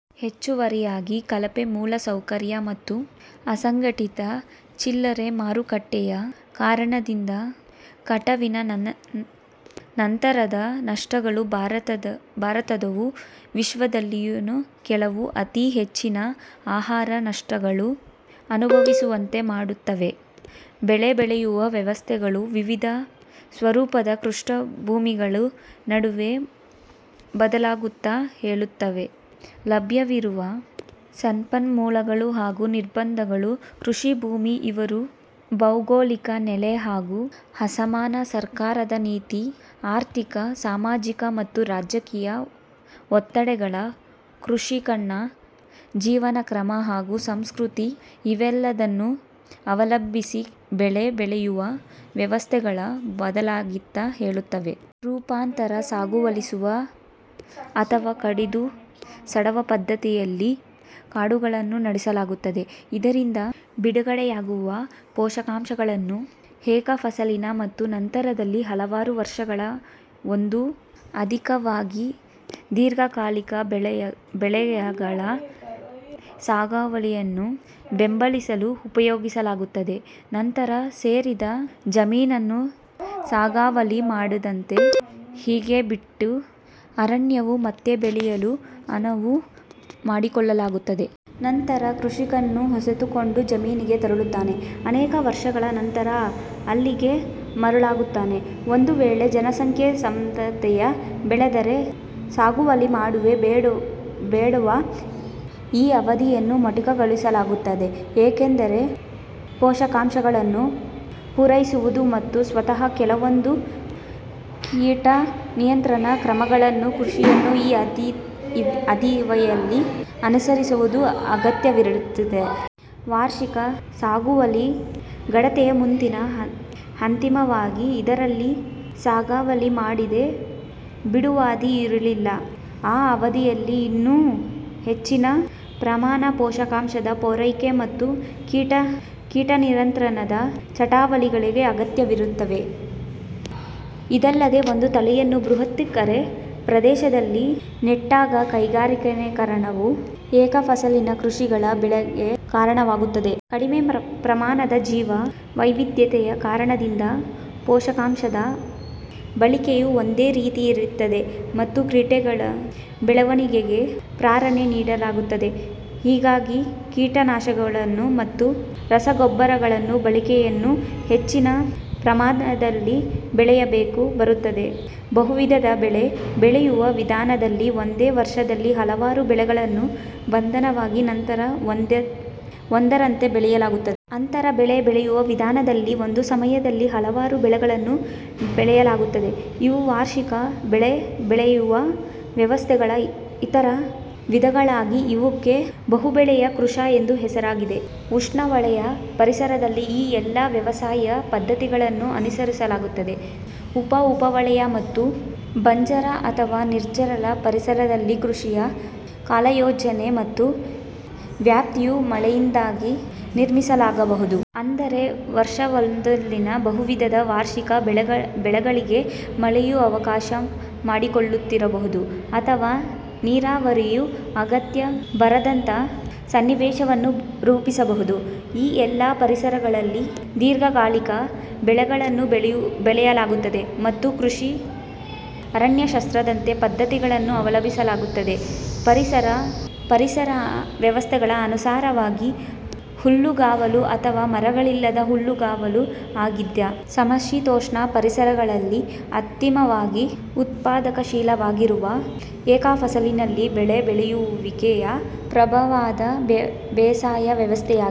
ಹೆಚ್ಚುವರಿಯಾಗಿ, ಕಳಪೆ ಮೂಲಸೌಕರ್ಯ ಮತ್ತು ಅಸಂಘಟಿತ ಚಿಲ್ಲರೆ ಮಾರುಕಟ್ಟೆಯ ಕಾರಣದಿಂದ ಕಟಾವಿನ ನಂತರದ ನಷ್ಟಗಳು ಭಾರತವು ವಿಶ್ವದಲ್ಲಿನ ಕೆಲವು ಅತಿ ಹೆಚ್ಚಿನ ಆಹಾರ ನಷ್ಟಗಳು ಅನುಭವಿಸುವಂತೆ ಮಾಡುತ್ತಿವೆ. ಬೆಳೆ ಬೆಳೆಯುವ ವ್ಯವಸ್ಥೆಗಳು ವಿವಿಧ ಸ್ವರೂಪದ ಕೃಷಿಭೂಮಿಗಳ ನಡುವೆ ಬದಲಾಗುತ್ತಾ ಹೋಗುತ್ತವೆ. ಲಭ್ಯವಿರುವ ಸಂಪನ್ಮೂಲಗಳು ಹಾಗೂ ನಿರ್ಬಂಧಗಳು; ಕೃಷಿಭೂಮಿ ಇರುವ ಭೌಗೋಳಿಕ ನೆಲೆ ಹಾಗೂ ಹವಾಮಾನ; ಸರ್ಕಾರದ ನೀತಿ; ಆರ್ಥಿಕ, ಸಾಮಾಜಿಕ ಮತ್ತು ರಾಜಕೀಯ ಒತ್ತಡಗಳು; ಕೃಷಿಕನ ಜೀವನಕ್ರಮ ಹಾಗೂ ಸಂಸ್ಕೃತಿ ಇವೆಲ್ಲದನ್ನೂ ಅವಲಂಬಿಸಿ ಬೆಳೆ ಬೆಳೆಯುವ ವ್ಯವಸ್ಥೆಗಳು ಬದಲಾಗುತ್ತಾ ಹೋಗುತ್ತವೆ. ರೂಪಾಂತರಿಸುವ ಸಾಗುವಳಿ ಅಥವಾ ಕಡಿದು ಸುಡುವ ಪದ್ಧತಿಯಲ್ಲಿ ಕಾಡುಗಳನ್ನು ಸುಡಲಾಗುತ್ತದೆ. ಇದರಿಂದ ಬಿಡುಗಡೆಯಾಗುವ ಪೋಷಕಾಂಶಗಳನ್ನು ಏಕಫಸಲಿನ ಮತ್ತು ನಂತರದಲ್ಲಿ ಹಲವಾರು ವರ್ಷಗಳ ಒಂದು ಅವಧಿಗಾಗಿ ದೀರ್ಘಕಾಲಿಕ ಬೆಳೆಗಳ ಸಾಗುವಳಿಯನ್ನು ಬೆಂಬಲಿಸಲು ಉಪಯೋಗಿಸಲಾಗುತ್ತದೆ. ನಂತರ ಸದರಿ ಜಮೀನನ್ನು ಸಾಗುವಳಿ ಮಾಡದೆ ಹಾಗೇ ಬಿಟ್ಟು, ಅರಣ್ಯವು ಮತ್ತೆ ಬೆಳೆಯಲು ಅನುವು ಮಾಡಿಕೊಡಲಾಗುತ್ತದೆ. ನಂತರ ಕೃಷಿಕನು ಹೊಸತೊಂದು ಜಮೀನಿಗೆ ತೆರಳಿ, ಅನೇಕ ವರ್ಷಗಳ ನಂತರ ಅಲ್ಲಿಗೆ ಮರಳುತ್ತಾನೆ. ಒಂದು ವೇಳೆ ಜನಸಂಖ್ಯಾ ಸಾಂದ್ರತೆಯು ಬೆಳೆದರೆ, ಸಾಗುವಳಿ ಮಾಡದೆ ಬಿಡುವ ಈ ಅವಧಿಯನ್ನು ಮೊಟಕುಗೊಳಿಸಲಾಗುತ್ತದೆ. ಏಕೆಂದರೆ, ಪೋಷಕಾಂಶಗಳು ಪೂರೈಸುವುದು ಮತ್ತು ಸ್ವತಃ ಕೆಲವೊಂದು ಕೀಟ ನಿಯಂತ್ರಣ ಕ್ರಮಗಳನ್ನು ಕೃಷಿಕನು ಈ ಅವಧಿಯಲ್ಲಿ ಅನುಸರಿಸುವುದು ಅಗತ್ಯವಿರುತ್ತದೆ. ವಾರ್ಷಿಕ ಸಾಗುವಳಿಯು ಗಾಢತೆಯ ಮುಂದಿನ ಹಂತವಾಗಿದ್ದು, ಇದರಲ್ಲಿ ಸಾಗುವಳಿ ಮಾಡದೆ ಬಿಡುವ ಅವಧಿಯಿರುವುದಿಲ್ಲ. ಈ ಅವಧಿಯಲ್ಲಿ ಇನ್ನೂ ಹೆಚ್ಚಿನ ಪ್ರಮಾಣದ ಪೋಷಕಾಂಶದ ಪೂರೈಕೆ ಮತ್ತು ಕೀಟ ನಿಯಂತ್ರಣದ ಚಟುವಟಿಕೆಗಳು ಅಗತ್ಯವಿರುತ್ತವೆ. ಇದಲ್ಲದೆ, ಒಂದು ತಳಿಯನ್ನು ಬೃಹತ್ ಎಕರೆ ಪ್ರದೇಶದಲ್ಲಿ ನೆಟ್ಟಾಗ, ಕೈಗಾರಿಕೀಕರಣವು ಏಕಫಸಲಿನ ಕೃಷಿಗಳ ಬಳಕೆಗೆ ಕಾರಣವಾಗುತ್ತದೆ. ಕಡಿಮೆ ಪ್ರಮಾಣದ ಜೀವ ವೈವಿಧ್ಯತೆ ಯ ಕಾರಣದಿಂದಾಗಿ, ಪೋಷಕಾಂಶದ ಬಳಕೆಯು ಒಂದೇ ರೀತಿಯಲ್ಲಿರುತ್ತದೆ, ಮತ್ತು ಕೀಟಗಳ ಬೆಳವಣಿಗೆಗೆ ಪ್ರೇರಣೆ ನೀಡಿದಂತಾಗುತ್ತದೆ. ಹೀಗಾಗಿ, ಕೀಟನಾಶಕಗಳ ಮತ್ತು ರಸಗೊಬ್ಬರಗಳ ಬಳಕೆಯನ್ನು ಹೆಚ್ಚಿನ ಪ್ರಮಾಣದಲ್ಲಿ ಮಾಡಬೇಕಾಗಿ ಬರುತ್ತದೆ. ಬಹುವಿಧದ ಬೆಳೆ ಬೆಳೆಯುವ ವಿಧಾನದಲ್ಲಿ, ಒಂದೇ ವರ್ಷದಲ್ಲಿ ಹಲವಾರು ಬೆಳೆಗಳನ್ನು ಒಂದಾದ ನಂತರ ಒಂದರಂತೆ ಬೆಳೆಯಲಾಗುತ್ತದೆ. ಅಂತರ ಬೆಳೆ ಬೆಳೆಯುವ ವಿಧಾನದಲ್ಲಿ ಒಂದೇ ಸಮಯದಲ್ಲಿ ಹಲವಾರು ಬೆಳೆಗಳನ್ನು ಬೆಳೆಯಲಾಗುತ್ತದೆ. ಇವು ವಾರ್ಷಿಕ ಬೆಳೆ ಬೆಳೆಯುವ ವ್ಯವಸ್ಥೆಗಳ ಇತರ ವಿಧಗಳಾಗಿದ್ದು, ಇವಕ್ಕೆ ಬಹುಬೆಳೆಯ ಕೃಷಿ ಎಂದು ಹೆಸರಿದೆ. ಉಷ್ಣವಲಯದ ಪರಿಸರಗಳಲ್ಲಿ ಈ ಎಲ್ಲ ವ್ಯವಸಾಯ ಪದ್ಧತಿಗಳನ್ನೂ ಅನುಸರಿಸಲಾಗುತ್ತದೆ. ಉಪ-ಉಷ್ಣವಲಯ ಮತ್ತು ಬಂಜರು ಅಥವಾ ನಿರ್ಜಲ ಪರಿಸರಗಳಲ್ಲಿ, ಕೃಷಿಯ ಕಾಲಯೋಜನೆ ಮತ್ತು ವ್ಯಾಪ್ತಿಯು ಮಳೆಯಿಂದಾಗಿ ಸೀಮಿತಗೊಳ್ಳಬಹುದು. ಅಂದರೆ, ವರ್ಷವೊಂದರಲ್ಲಿನ ಬಹುವಿಧದ ವಾರ್ಷಿಕ ಬೆಳೆಗಳಿಗೆ ಮಳೆಯು ಅವಕಾಶ ಮಾಡಿಕೊಡದಿರಬಹುದು, ಅಥವಾ ನೀರಾವರಿ ಯ ಅಗತ್ಯ ಬಾರದಂಥ ಸನ್ನಿವೇಶವನ್ನು ರೂಪಿಸಬಹುದು. ಈ ಎಲ್ಲ ಪರಿಸರಗಳಲ್ಲಿ ದೀರ್ಘಕಾಲಿಕ ಬೆಳೆಗಳನ್ನು ಬೆಳೆಯಲಾಗುತ್ತದೆ ಮತ್ತು ಕೃಷಿ ಅರಣ್ಯಶಾಸ್ತ್ರದಂಥ ಪದ್ಧತಿಗಳನ್ನು ಅಭ್ಯಸಿಸಲಾಗುತ್ತದೆ. ಪರಿಸರ ವ್ಯವಸ್ಥೆಗಳು ಪ್ರಧಾನವಾಗಿ ಹುಲ್ಲುಗಾವಲು ಅಥವಾ ಮರಗಳಿಲ್ಲದ ಹುಲ್ಲುಗಾವಲು ಆಗಿದ್ದ ಸಮಶೀತೋಷ್ಣ ಪರಿಸರಗಳಲ್ಲಿ ಅತೀವವಾಗಿ ಉತ್ಪಾದಕಶೀಲವಾಗಿರುವ ಏಕಫಸಲಿನ ಬೆಳೆ ಬೆಳೆಯುವಿಕೆಯು ಪ್ರಬಲವಾದ ಬೇಸಾಯ ವ್ಯವಸ್ಥೆಯಾಗಿದೆ.